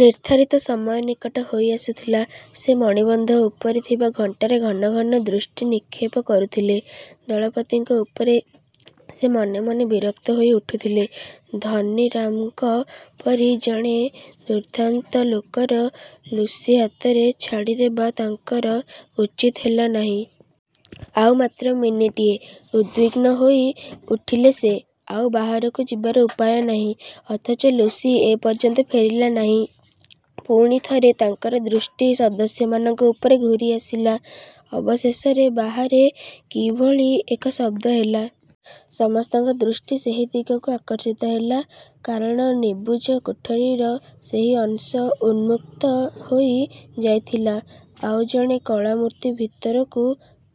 ନିର୍ଦ୍ଧାରିତ ସମୟ ନିକଟ ହୋଇ ଆସୁଥିଲା। ସେ ମଣିବନ୍ଧ ଉପରେ ଥିବା ଘଣ୍ଟାରେ ଘନ ଘନ ଦୃଷ୍ଟିନିକ୍ଷେପ କରୁଥିଲେ। ଦଳପତିଙ୍କ ଉପରେ ସେ ମନେ ମନେ ବିରକ୍ତ ହୋଇ ଉଠୁଥିଲେ। ଧନୀରାମଙ୍କ ପରି ଜଣେ ଦୁର୍ଦ୍ଦାନ୍ତ ଲୋକର ଲୁସି ହାତରେ ଛାଡ଼ିଦେବା ତାଙ୍କର ଉଚିତ ହେଲା ନାହିଁ। ଆଉ ମାତ୍ର ମିନିଟିଏ। ଉଦ୍ବିଗ୍ନ ହୋଇ ଉଠିଲେ ସେ। ଆଉ ବାହାରକୁ ଯିବାର ଉପାୟ ନାହିଁ; ଅଥଚ ଲୁସି ଏ ପର୍ଯ୍ୟନ୍ତ ଫେରିଲା ନାହିଁ। ପୁଣି ଥରେ ତାଙ୍କର ଦୃଷ୍ଟି ସଦସ୍ୟମାନଙ୍କ ଉପରେ ଘୁରି ଆସିଲା। ଅବଶେଷରେ ବାହାରେ କି ଭଳି ଏକ ଶବ୍ଦ ହେଲା। ସମସ୍ତଙ୍କ ଦୃଷ୍ଟି ସେହି ଦିଗକୁ ଆକର୍ଷିତ ହେଲା। କାରଣ ନିବୁଜ କୋଠରିର ସେହି ଅଂଶ ଉନ୍ମୁକ୍ତ ହୋଇ ଯାଇଥିଲା, ଆଉ ଜଣେ କଳା ମୂର୍ତ୍ତି ଭିତରକୁ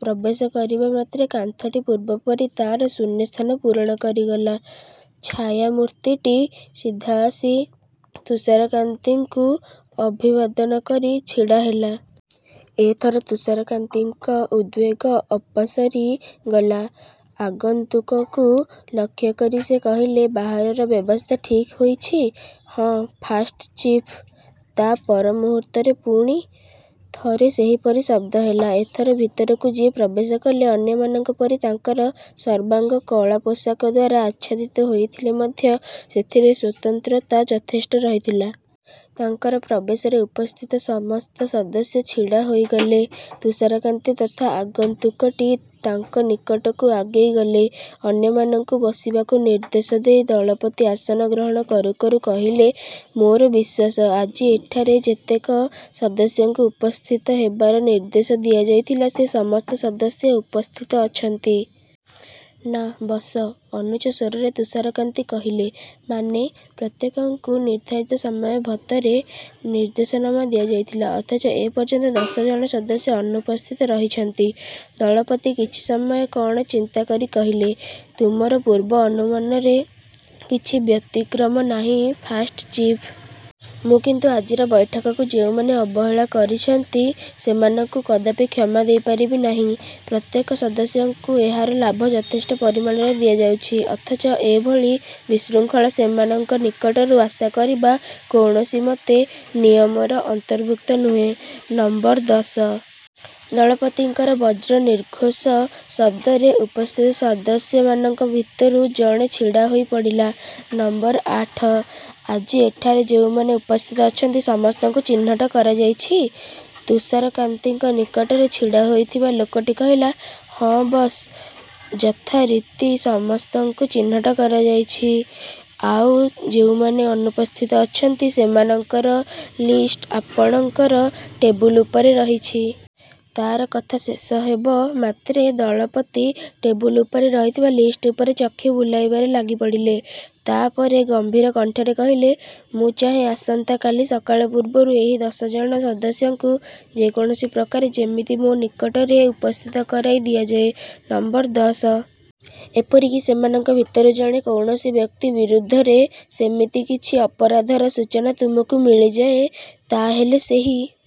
ପ୍ରବେଶ କରିବା ମାତ୍ରେ କାନ୍ଥଟି ପୂର୍ବ ପରି ତାର ଶୂନ୍ୟସ୍ଥାନ ପୂରଣ କରିଗଲା-। ଛାୟାମୂର୍ତ୍ତିଟି ସିଧା ଆସି ତୁଷାରକାନ୍ତିଙ୍କୁ ଅଭିବାଦନ କରି ଛିଡ଼ା ହେଲା। ଏ ଥର ତୁଷାରକାନ୍ତିଙ୍କ ଉଦ୍ବେଗ ଅପସରି ଗଲା। ଆଗନ୍ତୁକକୁ ଲକ୍ଷ୍ୟ କରି ସେ କହିଲେ-ବାହାରର ବ୍ୟବସ୍ଥା ଠିକ୍ ହୋଇଛି? ହଁ, ଫାଷ୍ଟ ଚିଫ୍। ତା ପରମୁହୂର୍ତ୍ତରେ ପୁଣି। ଥରେ ସେହିପରି ଶବ୍ଦ ହେଲା। ଏଥର ଭିତରକୁ ଯିଏ ପ୍ରବେଶ କଲେ, ଅନ୍ୟମାନଙ୍କ ପରି ତାଙ୍କର ସର୍ବାଙ୍ଗ କଳା ପୋଷାକ ଦ୍ୱାରା ଆଚ୍ଛାଦିତ ହୋଇଥିଲେ ମଧ୍ୟ ସେଥିରେ ସ୍ୱତନ୍ତ୍ରତା ଯଥେଷ୍ଟ ରହିଥିଲା। ତାଙ୍କର ପ୍ରବେଶରେ ଉପସ୍ଥିତ ସମସ୍ତ ସଦସ୍ୟ ଛିଡ଼ା ହୋଇଗଲେ। ତୁଷାରକାନ୍ତି ତଥା ଆଗନ୍ତୁକଟି ତାଙ୍କ ନିକଟକୁ ଆଗେଇ ଗଲେ। ଅନ୍ୟମାନଙ୍କୁ ବସିବାକୁ ନିର୍ଦ୍ଦେଶ ଦେଇ ଦଳପତି ଆସନ ଗ୍ରହଣ କରୁ କରୁ କହିଲେ-ମୋର ବିଶ୍ୱାସ, ଆଜି ଏଠାରେ ଯେତେକ ସଦସ୍ୟଙ୍କୁ ଉପସ୍ଥିତ ହେବାର ନିର୍ଦ୍ଦେଶ ଦିଆଯାଇଥିଲା, ସେ ସମସ୍ତ ସଦସ୍ୟ ଉପସ୍ଥିତ ଅଛନ୍ତି। ନା, ବସ। -ଅନୁଚ୍ଚ ସ୍ୱରରେ ତୁଷାରକାନ୍ତି କହିଲେ। ମାନେ? ପ୍ରତ୍ୟେକଙ୍କୁ ନିର୍ଦ୍ଧାରିତ ସମୟ ଭତରେ ନିର୍ଦ୍ଦେଶନାମା ଦିଆଯାଇଥିଲା; ଅଥଚ ଏ ପର୍ଯ୍ୟନ୍ତ ଦଶ ଜଣ ସଦସ୍ୟ ଅନୁପସ୍ଥିତ ରହିଛନ୍ତି। ଦଳପତି କିଛି ସମୟ କଣ ଚିନ୍ତା କରି କହିଲେ-ତୁମର ପୂର୍ବ ଅନୁମାନରେ କିଛି ବ୍ୟତିକ୍ରମ ନାହିଁ, ଫାଷ୍ଟ ଚିଫ୍। ମୁ କିନ୍ତୁ ଆଜିର ବୈଠକକୁ ଯେଉଁମାନେ ଅବହେଳା କରିଛନ୍ତି, ସେମାନଙ୍କୁ କଦାପି କ୍ଷମା ଦେଇପାରିବି ନାହିଁ। ପ୍ରତ୍ୟେକ ସଦସ୍ୟଙ୍କୁ ଏହାର ଲାଭ ଯଥେଷ୍ଟ ପରିମାଣରେ ଦିଆଯାଉଛି; ଅଥଚ ଏ ଭଳି ବିଶୃଙ୍ଖଳା ସେମାନଙ୍କ ନିକଟରୁ ଆଶା କରିବା କୌଣସିମତେ ନିୟମର ଅନ୍ତର୍ଭୁକ୍ତ ନୁହେଁ। ନମ୍ବର ଦଶ! ଦଳପତିଙ୍କର ବଜ୍ରନିର୍ଘୋଷ ଶବ୍ଦରେ ଉପସ୍ଥିତ ସଦସ୍ୟ ମାନଙ୍କ ଭିତରୁ ଜଣେ ଛିଡ଼ା ହୋଇପଡ଼ିଲା। ନମ୍ବର ଆଠ, ଆଜି ଏଠାରେ ଯେଉଁମାନେ ଉପସ୍ଥିତ ଅଛନ୍ତି ସମସ୍ତଙ୍କୁ ଚିହ୍ନଟ କରାଯାଇଛି? ତୁଷାରକାନ୍ତିଙ୍କ ନିକଟରେ ଛିଡ଼ା ହୋଇଥିବା ଲୋକଟି କହି ଉଠିଲା-ହଁ, ବସ। ଯଥାରୀତି ସମସ୍ତଙ୍କୁ ଚିହ୍ନଟ କରାଯାଇଛି, ଆଉ ଯେଉଁମାନେ ଅନୁପସ୍ଥିତ ଅଛନ୍ତି, ସେମାନଙ୍କର ଲିଷ୍ଟ ଆପଣଙ୍କର ଟେବୁଲ ଉପରେ ରହିଛି। ତାର କଥା ଶେଷ ହେବ ମାତ୍ରେ ଦଳପତି ଟେବୁଲ ଉପରେ ରହିଥିବା ଲିଷ୍ଟ ଉପରେ ଚକ୍ଷୁ ବୁଲାଇବାରେ ଲାଗିପଡ଼ିଲେ। ତା ପରେ ଗମ୍ଭୀର କଣ୍ଠରେ କହିଲେ-''ମୁଁ ଚାହେଁ ଆସନ୍ତା କାଲି ସକାଳ ପୂର୍ବରୁ ଏହି ଦଶ ଜଣ ସଦସ୍ୟଙ୍କୁ ଯେ କୌଣସି ପ୍ରକାରେ ଯେମିତି ମୋ ନିକଟରେ ଉପସ୍ଥିତ କରାଇ ଦିଆଯାଏ, ନମ୍ବର ଦଶ। ଏପରିକି ସେମାନଙ୍କ ଭିତରୁ ଯଦି କୌଣସି ବ୍ୟକ୍ତି ବିରୁଦ୍ଧରେ ସେମିତି କିଛି ଅପରାଧର ସୂଚନା ତୁମକୁ ମିଳିଯାଏ, ତା ହେଲେ ସେହି